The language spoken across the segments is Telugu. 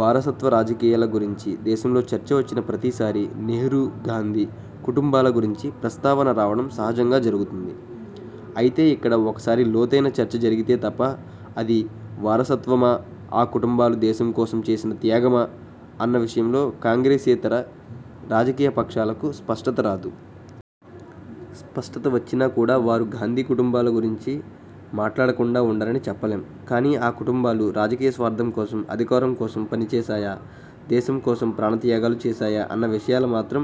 వారసత్వ రాజకీయాల గురించి దేశంలో చర్చ వచ్చిన ప్రతిసారీ నెహ్రూ, గాంధీ కుటుంబాల గురించి ప్రస్తావన రావడం సహజంగా జరుగుతుంది. అయితే ఇక్కడ ఒకసారి లోతైన చర్చ జరిగితే తప్ప అది వారసత్వమా, ఆ కుటుంబాలు దేశం కోసం చేసిన త్యాగమా అన్న విషయంలో కాంగ్రెసేతర రాజకీయ పక్షాలకు స్పష్టత రాదు. స్పష్టత వచ్చినా కూడా వారు గాంధీ కుటుంబాల గురించి మాట్లాడకుండా ఉండరని చెప్పలేం. కానీ, ఆ కుటుంబాలు రాజకీయ స్వార్థం కోసం, అధికారం కోసం పనిచేశాయా, దేశం కోసం ప్రాణ త్యాగాలు చేశాయా అన్న విషయాలు మాత్రం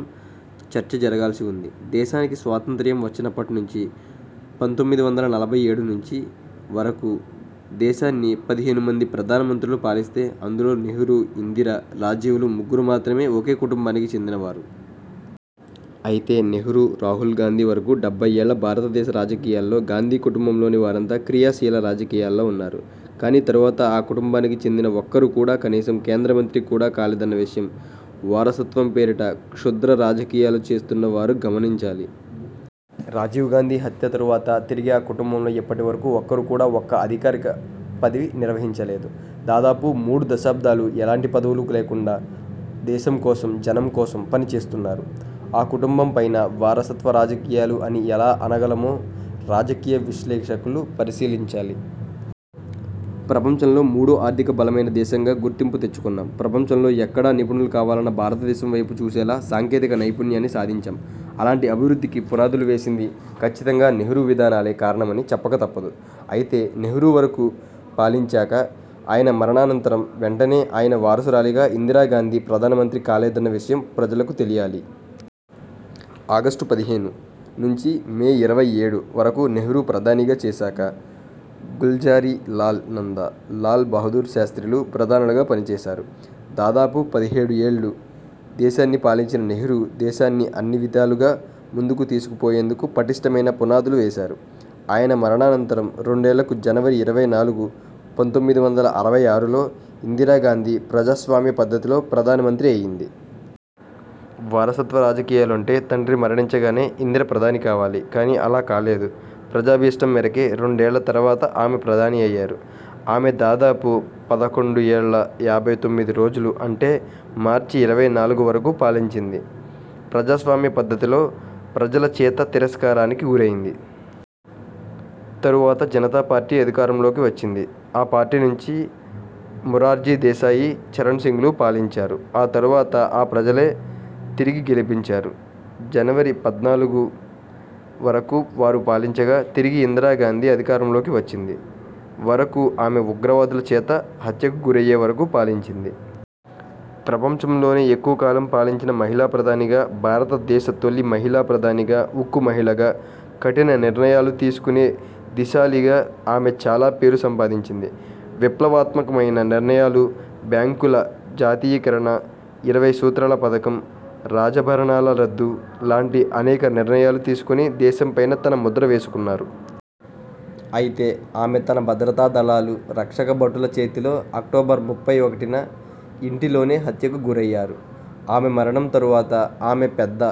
చర్చ జరగాల్సి ఉంది. దేశానికి స్వాతంత్రయం వచ్చినప్పటి నుంచి పంతొమ్మిది వందల నలభై ఏడు నుంచి వరకు దేశాన్ని పది హేను మంది ప్రధాన మంత్రులు పాలిస్తే అందులో నెహ్రూ, ఇందిరా, రాజీవ్లు ముగ్గురు మాత్రమే ఒకే కుటుంబానికి చెందిన వారు. అయితే నెహ్రూ నుంచి రాహుల్ గాంధీ వరకు డెబ్బై ఏళ్ళ భారతదేశ రాజకీయాల్లో గాంధీ కుటుంబంలోని వారంతా క్రియాశీల రాజకీయాల్లో ఉన్నారు. కానీ తరువాత ఆ కుటుంబానికి చెందిన ఒక్కరు కూడా కనీసం కేంద్ర మంత్రి కూడా కాలేదన్న విషయం వారసత్వం పేరిట క్షుద్ర రాజకీయాలు చేస్తున్న వారు గమనించాలి. రాజీవ్ గాంధీ హత్య తరువాత తిరిగి ఆ కుటుంబంలో ఇప్పటి వరకు ఒక్కరు కూడా ఒక్క అధికారిక పదవి నిర్వహించలేదు. దాదాపు మూడు దశాబ్దాలు ఎలాంటి పదవులు లేకుండా దేశం కోసం, జనం కోసం పనిచేస్తున్నారు. ఆ కుటుంబం పైన వారసత్వ రాజకీయాలు అని ఎలా అనగలమో రాజకీయ విశ్లేషకులు పరిశీలించాలి. ప్రపంచంలో మూడో ఆర్థిక బలమైన దేశంగా గుర్తింపు తెచ్చుకున్నాం. ప్రపంచంలో ఎక్కడ నిపుణులు కావాలన్నా భారతదేశం వైపు చూసేలా సాంకేతిక నైపుణ్యాన్ని సాధించాం. అలాంటి అభివృద్ధికి పునాదులు వేసింది, ఖచ్చితంగా నెహ్రూ విధానాలే కారణమని చెప్పక తప్పదు. అయితే నెహ్రూ వరకు పాలించాక ఆయన మరణాంతరం వెంటనే ఆయన వారసురాలిగా ఇందిరాగాంధీ ప్రధానమంత్రి కాలేదన్న విషయం ప్రజలకు తెలియాలి. ఆగస్టు పదిహేను, నుంచి మే ఇరవై ఏడు, వరకు నెహ్రూ ప్రధానిగా చేశాక, గుల్జారీ లాల్ నందా, లాల్ బహుదూర్ శాస్ర్తిలు ప్రధానులుగా పనిచేశారు. దాదాపు పదిహేడుఏళ్ళు దేశాన్ని పాలించిన నెహ్రూ దేశాన్ని అన్నివిధాలుగా ముందుకు తీసుకు పోయేందుకు పటిష్ఠమైన పునాదులు వేశారు. ఆయన మరణాంతరం, రెండేళ్ళకు జనవరి ఇరవై నాలుగు, పంతొమ్మిది వందల అరవై ఆరులో ఇందిరా గాంధీ ప్రజాస్వామ్య పద్ధతిలో ప్రధాన మంత్రి అయ్యింది. వారసత్వ రాజకీయాలు అంటే తండ్రి మరణించగానే ఇందిర ప్రధాని కావాలి, కానీ అలా కాలేదు. ప్రజాభీష్టం మేరకే రెండేళ్ళ తరువాత ఆమె ప్రధాని అయ్యారు. ఆమె దాదాపు పదకొండు ఏళ్ళ యాభై తొమ్మిది రోజులు అంటే మార్చి ఇరవై నాలుగు వరకు పాలించింది. ప్రజాస్వామ్య పద్ధతిలో ప్రజల చేత తిరస్కారానికి గురయింది. తరువాత జనతా పార్టీ అధికారం లోకి వచ్చింది. ఆ పార్టీ నుంచి మొరార్జీ దేశాయి, చరణ్ సింగ్లు పాలించారు. ఆ తరువాత ఆ ప్రజలే తిరిగి గెలిపించారు. జనవరి పద్నాలుగు వరకు వారు పాలించగా, తిరిగి ఇందిరా గాంధీ అధికారంలోకి వచ్చింది. వరకు ఆమె ఉగ్రవాదుల చేత హత్యకు గురయ్యే వరకు పాలించింది. ప్రపంచంలోనే ఎక్కువ కాలం పాలించిన మహిళా ప్రధానిగా, భారత దేశ తొలి మహిళా ప్రధానిగా, ఉక్కు మహిళగా, కఠిన నిర్ణయాలు తీసుకునే ధీశాలిగా ఆమె చాలా పేరు సంపాదించింది. విప్లవాత్మకమైన నిర్ణయాలు బ్యాంకుల జాతీయీకరణ, ఇరవై సూత్రాల పథకం, రాజ భరణాల రద్దు లాంటి అనేక నిర్ణయాలు తీసుకొని దేశంపైన తన ముద్ర వేసుకున్నారు. అయితే ఆమె తన భద్రతా దళాలు, రక్షక భటుల చేతిలో అక్టోబర్ ముప్పై ఒకటిన ఇంటి లోనే హత్యకు గురయ్యారు. ఆమె మరణం తరు వాత ఆమె పెద్ద